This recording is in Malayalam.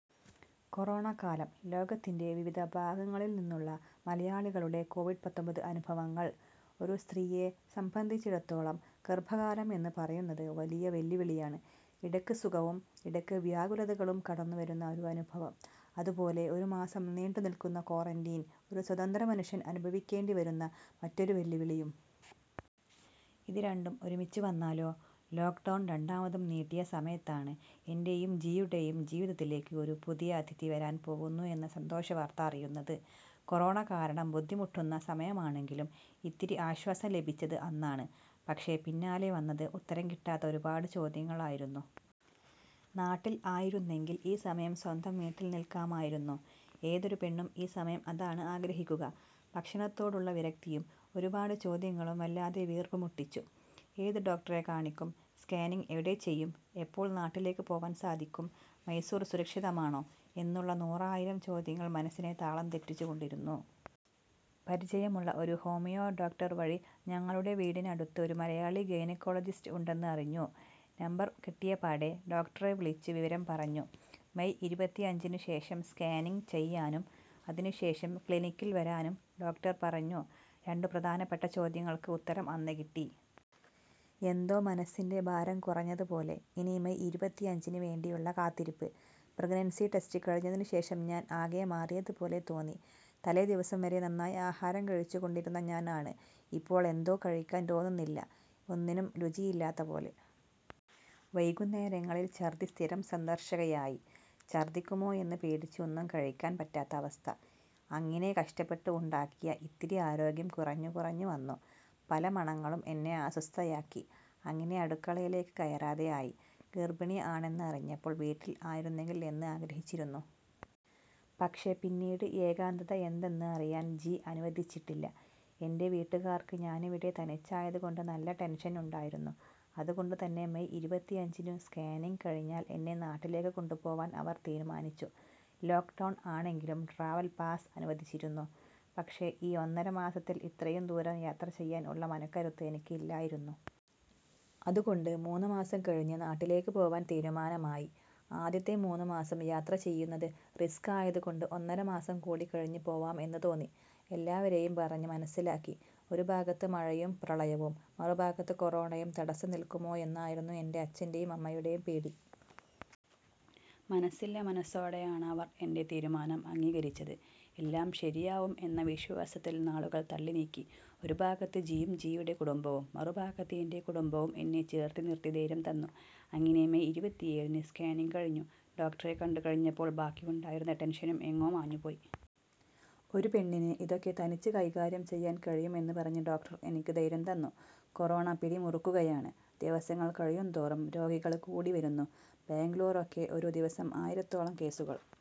കൊറോണക്കാലം ലോകത്തിന്റെ വിവിധ ഭാഗങ്ങളില്നിന്നുള്ള മലയാളികളുടെ കൊവിഡ് പത്തൊമ്പത് അനുഭവങ്ങൾ. ഒരു സ്ത്രീയെ സംബന്ധിച്ചിടത്തോളം ഗര്‍ഭകാലം എന്ന് പറയുന്നത് വലിയ വെല്ലുവിളിയാണ്. ഇടയ്ക്ക് സുഖവും ഇടയ്ക്ക് വ്യാകുലതകളും കടന്നുവരുന്ന ഒരു അനുഭവം. അതുപോലെ ഒരു മാസം നീണ്ടുനില്‍ക്കുന്ന ക്വാറന്റീൻ ഒരു സ്വതന്ത്ര മനുഷ്യൻ അനുഭവിക്കേണ്ടി വരുന്ന മറ്റൊരു വെല്ലുവിളിയും. ഇത് രണ്ടും ഒരുമിച്ച് വന്നാലോ? ലോക്ക്ഡൗൺ രണ്ടാമതും നീട്ടിയ സമയത്താണ് എന്‍റെയും ജിയുടെയും ജീവിതത്തിലേക്ക് ഒരു പുതിയ അതിഥി വരാന്‍ പോവുന്നു എന്ന സന്തോഷ വാര്‍ത്ത അറിയുന്നത്. കൊറോണ കാരണം ബുദ്ധിമുട്ടുന്ന സമയമാണെങ്കിലും ഇത്തിരി ആശ്വാസം ലഭിച്ചത് അന്നാണ്. പക്ഷേ പിന്നാലെ വന്നത് ഉത്തരം കിട്ടാത്ത ഒരുപാട് ചോദ്യങ്ങള്‍ ആയിരുന്നു. നാട്ടില്‍ ആയിരുന്നെങ്കില്‍ ഈ സമയം സ്വന്തം വീട്ടില്‍ നില്‍ക്കാമായിരുന്നു. ഏതൊരു പെണ്ണും ഈ സമയം അതാണ് ആഗ്രഹിക്കുക. ഭക്ഷണത്തോടുള്ള വിരക്തിയും ഒരുപാട് ചോദ്യങ്ങളും വല്ലാതെ വീര്പ്പുമുട്ടിച്ചു. ഏത് ഡോക്ടറെ കാണിക്കും, സ്കാനിംഗ് എവിടെ ചെയ്യും, എപ്പോള്‍ നാട്ടിലേക്ക് പോവാന്‍ സാധിക്കും, മൈസൂര്‍ സുരക്ഷിതമാണോ എന്നുള്ള നൂറായിരം ചോദ്യങ്ങള്‍ മനസ്സിനെ താളം തെറ്റിച്ചു കൊണ്ടിരുന്നു. പരിചയമുള്ള ഒരു ഹോമിയോ ഡോക്ടര്‍ വഴി ഞങ്ങളുടെ വീടിനു അടുത്ത് ഒരു മലയാളി ഗൈനക്കോളജിസ്റ്റ് ഉണ്ടെന്ന് അറിഞ്ഞു. നമ്പര്‍ കിട്ടിയപാടെ ഡോക്ടറെ വിളിച്ച് വിവരം പറഞ്ഞു. മെയ് ഇരുപത്തിഅഞ്ചിനു ശേഷം സ്കാനിംഗ് ചെയ്യാനും അതിനുശേഷം ക്ലിനിക്കില്‍ വരാനും ഡോക്ടര്‍ പറഞ്ഞു. രണ്ടു പ്രധാനപ്പെട്ട ചോദ്യങ്ങള്‍ക്ക് ഉത്തരം അന്ന് കിട്ടി. എന്തോ മനസ്സിന്‍റെ ഭാരം കുറഞ്ഞത് പോലെ. ഇനി മെയ് ഇരുപത്തഞ്ചിന് വേണ്ടിയുള്ള കാത്തിരിപ്പ്. പ്രഗ്നൻസീ ടെസ്റ്റ് കഴിഞ്ഞതിനു ശേഷം ഞാന്‍ ആകെ മാറിയത് പോലെ തോന്നി. തലേ ദിവസം വരെ നന്നായി ആഹാരം കഴിച്ചു കൊണ്ടിരുന്ന ഞാന്‍ ആണ്. ഇപ്പോള്‍ എന്തോ കഴിക്കാന്‍ തോന്നുന്നില്ല. ഒന്നിനും രുചി ഇല്ലാത്ത പോലെ. വൈകുന്നേരങ്ങളില്‍ ഛര്‍ദ്ദി സ്ഥിരം സന്ദര്‍ശകയായി. ഛര്‍ദ്ദിക്കുമോ എന്ന് പേടിച്ച് ഒന്നും കഴിക്കാന്‍ പറ്റാത്ത അവസ്ഥ. അങ്ങിനെ കഷ്ടപ്പെട്ട് ഉണ്ടാക്കിയ ഇത്തിരി ആരോഗ്യം കുറഞ്ഞു കുറഞ്ഞു വന്നു. പല മണങ്ങളും എന്നെ അസ്വസ്ഥയാക്കി. അങ്ങിനെ അടുക്കളയിലേക്ക് കയറാതെ ആയി. ഗര്‍ഭിണി ആണെന്ന് അറിഞ്ഞപ്പോള്‍ വീട്ടില്‍ ആയിരുന്നെങ്കില്‍ എന്ന് ആഗ്രഹിച്ചിരുന്നു. പക്ഷേ പിന്നീട് ഏകാന്തത എന്തെന്ന് അറിയാന്‍ ജി അനുവദിച്ചിട്ടില്ല. എന്‍റെ വീട്ടുകാര്‍ക്ക് ഞാനിവിടെ തനിച്ചായത് കൊണ്ട് നല്ല ടെന്‍ഷന്‍ ഉണ്ടായിരുന്നു. അതുകൊണ്ട് തന്നെ മെയ് ഇരുപത്തിഅഞ്ചിനു സ്കാനിംഗ് കഴിഞ്ഞാല്‍ എന്നെ നാട്ടിലേക്ക് കൊണ്ടു പോവാന്‍ അവര്‍ തീരുമാനിച്ചു. ലോക്ക്ഡൗൺ ആണെങ്കിലും ട്രാവല്‍ പാസ് അനുവദിച്ചിരുന്നു. പക്ഷേ ഈ ഒന്നര മാസത്തില്‍ ഇത്രയും ദൂരം യാത്ര ചെയ്യാന്‍ ഉള്ള മനക്കരുത്ത് എനിക്ക് ഇല്ലായിരുന്നു. അതുകൊണ്ട് മൂന്ന്മാസം കഴിഞ്ഞ് നാട്ടിലേക്ക് പോവാന്‍ തീരുമാനം ആയി. ആദ്യത്തെ മൂന്ന് മാസം യാത്ര ചെയ്യുന്നത് റിസ്ക് ആയത് കൊണ്ട് ഒന്നര മാസം കൂടി കഴിഞ്ഞ് പോവാം എന്ന് തോന്നി. എല്ലാവരെയും പറഞ്ഞ് മനസ്സിലാക്കി. ഒരു ഭാഗത്ത് മഴയും പ്രളയവും മറുഭാഗത്ത് കൊറോണയും തടസം നില്‍ക്കുമോ എന്നായിരുന്നു എന്‍റെ അച്ചന്‍റെയും അമ്മയുടെയും പേടി. മനസ്സില്ലാമനസ്സോടെ ആണ് അവര്‍ എന്‍റെ തീരുമാനം അംഗീകരിച്ചത്. എല്ലാം ശരിയാവും എന്ന വിശ്വാസത്തില്‍ നാളുകള്‍ തള്ളി നീക്കി. ഒരു ഭാഗത്ത് ജിയും ജിയുടെ കുടുംബവും മറുഭാഗത്ത് എന്‍റെ കുടുംബവും എന്നെ ചേര്‍ത്ത് നിര്‍ത്തി ധൈര്യം തന്നു. അങ്ങിനെ മെയ് ഇരുപത്തിഏഴിന് സ്കാനിങ് കഴിഞ്ഞു. ഡോക്ടറെ കണ്ടുകഴിഞ്ഞപ്പോൾ ബാക്കി ഉണ്ടായിരുന്ന ടെന്‍ഷനും എങ്ങോ മാഞ്ഞു പോയി. ഒരു പെണ്ണിന് ഇതൊക്കെ തനിച്ച് കൈകാര്യം ചെയ്യാന്‍ കഴിയും എന്ന് പറഞ്ഞ് ഡോക്ടര്‍ എനിക്ക് ധൈര്യം തന്നു. കൊറോണ പിടി മുറുക്കുകയാണ്. ദിവസങ്ങള്‍ കഴയുംതോറും രോഗികള് കൂടി വരുന്നു. ബാംഗ്ലൂര്‍ ഒക്കെ ഒരു ദിവസം ആയിരത്തോളം കേസുകള്‍.